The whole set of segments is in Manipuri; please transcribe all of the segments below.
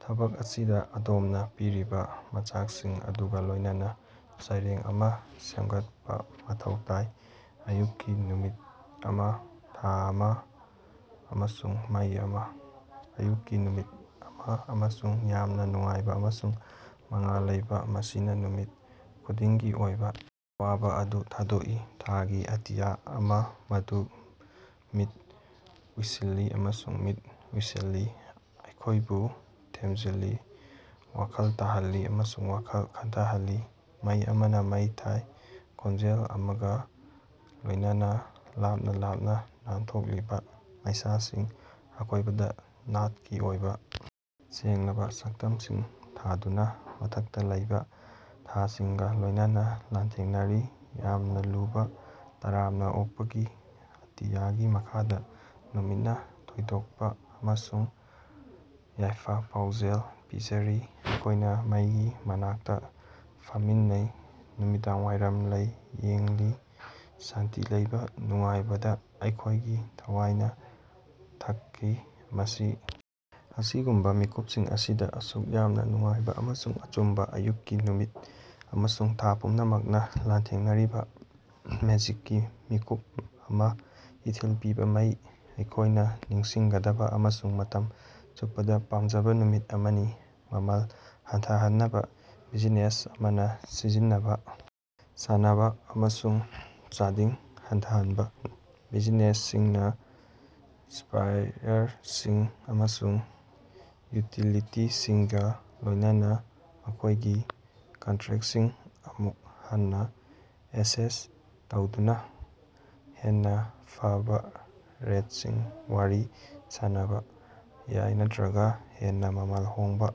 ꯊꯕꯛ ꯑꯁꯤꯗ ꯑꯗꯣꯝꯅ ꯄꯤꯔꯤꯕ ꯃꯆꯥꯛꯁꯤꯡ ꯑꯗꯨꯒ ꯂꯣꯏꯅꯅ ꯁꯩꯔꯦꯡ ꯑꯃ ꯁꯦꯝꯒꯠꯄꯥ ꯃꯊꯧ ꯇꯥꯏ꯫ ꯑꯌꯨꯛꯀꯤ ꯅꯨꯃꯤꯠ ꯑꯃ, ꯊꯥ ꯑꯃ, ꯑꯃꯁꯨꯡ ꯃꯩ ꯑꯃ꯫ ꯑꯌꯨꯛꯀꯤ ꯅꯨꯃꯤꯠ ꯑꯃ, ꯑꯁꯨꯛ ꯌꯥꯝꯅ ꯅꯨꯡꯉꯥꯏꯕ ꯑꯃꯁꯨꯡ ꯃꯉꯥꯜ ꯂꯩꯕ, ꯃꯁꯤꯅ ꯅꯨꯃꯤꯠ ꯈꯨꯗꯤꯡꯒꯤ ꯑꯣꯏꯕ ꯑꯋꯥꯕ ꯑꯗꯨ ꯊꯥꯗꯣꯛꯏ, ꯊꯥꯒꯤ ꯑꯇꯤꯌꯥ ꯑꯃ, ꯃꯗꯨ ꯃꯤꯠ ꯎꯏꯁꯤꯜꯂꯤ ꯑꯃꯁꯨꯡ ꯃꯤꯠ ꯎꯏꯁꯤꯜꯂꯤ, ꯑꯩꯈꯣꯏꯕꯨ ꯊꯦꯝꯖꯤꯜꯂꯤ, ꯋꯥꯈꯜ ꯇꯥꯍꯜꯂꯤ ꯑꯃꯁꯨꯡ ꯋꯥꯈꯜ ꯈꯟꯊꯍꯜꯂꯤ꯫ ꯃꯩ ꯑꯃꯅ ꯃꯩ ꯊꯥꯏ, ꯈꯣꯟꯖꯦꯜ ꯑꯃꯒ ꯂꯣꯏꯅꯅ, ꯂꯥꯞꯅ ꯂꯥꯞꯅ ꯅꯥꯟꯊꯣꯛꯂꯤꯕ ꯃꯩꯁꯥꯁꯤꯡ, ꯑꯀꯣꯏꯕꯗ ꯅꯥꯠꯀꯤ ꯑꯣꯏꯕ ꯁꯦꯡꯂꯕ ꯁꯛꯇꯝꯁꯤꯡ ꯊꯥꯗꯨꯅ, ꯃꯊꯛꯇ ꯂꯩꯕ ꯊꯥꯁꯤꯡꯒ ꯂꯣꯏꯅꯅ ꯂꯥꯟꯊꯦꯡꯅꯔꯤ, ꯌꯥꯝꯅ ꯂꯨꯕ꯫ ꯇꯔꯥꯝꯅꯥ ꯑꯣꯛꯄꯒꯤ ꯑꯇꯤꯌꯥꯒꯤ ꯃꯈꯥꯗ, ꯅꯨꯃꯤꯠꯅ ꯊꯣꯏꯗꯣꯛꯄꯥ ꯑꯃꯁꯨꯡ ꯌꯥꯏꯐ-ꯄꯥꯎꯖꯦꯜ ꯄꯤꯖꯔꯤ, ꯑꯩꯈꯣꯏꯅ ꯃꯩꯒꯤ ꯃꯅꯥꯛꯇ ꯐꯝꯃꯤꯟꯅꯩ, ꯅꯨꯃꯤꯗꯥꯡꯋꯥꯏꯔꯝ ꯂꯩ ꯌꯦꯡꯂꯤ, ꯁꯥꯟꯇꯤ ꯂꯩꯕ ꯅꯨꯡꯉꯥꯏꯕꯗ, ꯑꯩꯈꯣꯏꯒꯤ ꯊꯋꯥꯌꯅ ꯊꯛꯈꯤ꯫ ꯃꯁꯤ ꯑꯁꯤꯒꯨꯝꯕ ꯃꯤꯀꯨꯞꯁꯤꯡ ꯑꯁꯤꯗ, ꯑꯁꯨꯛ ꯌꯥꯝꯅ ꯅꯨꯡꯉꯥꯏꯕ ꯑꯃꯁꯨꯡ ꯑꯆꯨꯝꯕ, ꯑꯌꯨꯛꯀꯤ ꯅꯨꯃꯤꯠ ꯑꯃꯁꯨꯡ ꯊꯥ ꯄꯨꯝꯅꯃꯛꯅ ꯂꯥꯟꯊꯦꯡꯅꯔꯤꯕ, ꯃꯦꯖꯤꯛꯀꯤ ꯃꯤꯀꯨꯞ ꯑꯃꯥ, ꯏꯊꯤꯜ ꯄꯤꯕ ꯃꯩ, ꯑꯩꯈꯣꯏꯅ ꯅꯤꯡꯁꯤꯡꯒꯗꯕ, ꯑꯃꯁꯨꯡ ꯃꯇꯝ ꯆꯨꯞꯄꯗ ꯄꯥꯃꯖꯕ ꯅꯨꯃꯤꯠ ꯑꯃꯅꯤ꯫ ꯃꯃꯜ ꯍꯟꯊꯍꯟꯅꯕ ꯕꯤꯖꯤꯅꯦꯁ ꯑꯃꯅ ꯁꯤꯖꯤꯟꯅꯕ ꯁꯥꯅꯕ ꯑꯃꯁꯨꯡ ꯆꯥꯗꯤꯡ ꯍꯟꯊꯍꯟꯕ: ꯕꯤꯖꯤꯅꯦꯁꯁꯤꯡꯅ ꯁꯄ꯭ꯂꯥꯏꯌꯔꯁꯤꯡ ꯑꯃꯁꯨꯡ ꯌꯨꯇꯤꯂꯤꯇꯤꯁꯤꯡꯒ ꯂꯣꯏꯅꯅ ꯃꯈꯣꯏꯒꯤ ꯀꯟꯇ꯭ꯔꯦꯛꯁꯤꯡ ꯑꯃꯨꯛ ꯍꯟꯅ ꯑꯦꯁꯦꯁ ꯇꯧꯗꯨꯅ ꯍꯦꯟꯅ ꯐꯕ ꯔꯦꯠꯁꯤꯡ ꯋꯥꯔꯤ ꯁꯥꯅꯕ ꯌꯥꯏ ꯅꯠꯇꯔꯒ ꯍꯦꯟꯅ ꯃꯃꯜ ꯍꯣꯡꯕ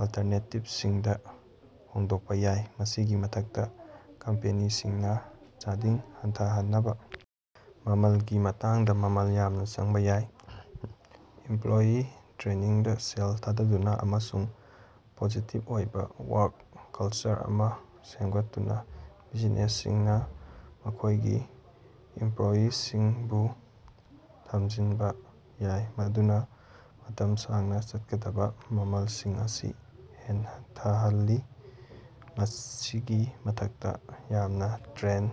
ꯑꯜꯇꯔꯅꯦꯇꯤꯕꯁꯤꯡꯗ ꯍꯣꯡꯗꯣꯛꯄ ꯌꯥꯏ꯫ ꯃꯁꯤꯒꯤ ꯃꯊꯛꯇ, ꯀꯝꯄꯦꯅꯤꯁꯤꯡꯅ ꯆꯥꯗꯤꯡ ꯍꯟꯊꯍꯟꯅꯕ ꯃꯃꯜꯒꯤ ꯃꯇꯥꯡꯗ ꯃꯃꯜ ꯌꯥꯝꯅ ꯆꯪꯕ ꯌꯥꯏ꯫ ꯏꯃꯄ꯭ꯂꯣꯌꯤ ꯇ꯭ꯔꯦꯅꯤꯡꯗ ꯁꯦꯜ ꯊꯥꯗꯗꯨꯅ ꯑꯃꯁꯨꯡ ꯄꯣꯖꯤꯇꯤꯚ ꯑꯣꯏꯕ ꯋꯥ꯭ꯔꯛ ꯀꯜꯆꯔ ꯑꯃ ꯁꯦꯝꯒꯠꯇꯨꯅ, ꯕꯤꯖꯤꯅꯦꯁꯁꯤꯡꯅ ꯃꯈꯣꯏꯒꯤ ꯏꯃꯄ꯭ꯂꯣꯌꯤꯁꯤꯡꯕꯨ ꯊꯃꯖꯤꯟꯕ ꯌꯥꯏ, ꯃꯗꯨꯅ ꯃꯇꯝ ꯁꯥꯡꯅ ꯆꯠꯀꯗꯕ ꯃꯃꯜꯁꯤꯡ ꯑꯁꯤ ꯍꯟꯊꯍꯜꯂꯤ꯫ ꯃꯁꯤꯒꯤ ꯃꯊꯛꯇ, ꯌꯥꯝꯅ ꯇ꯭ꯔꯦꯟ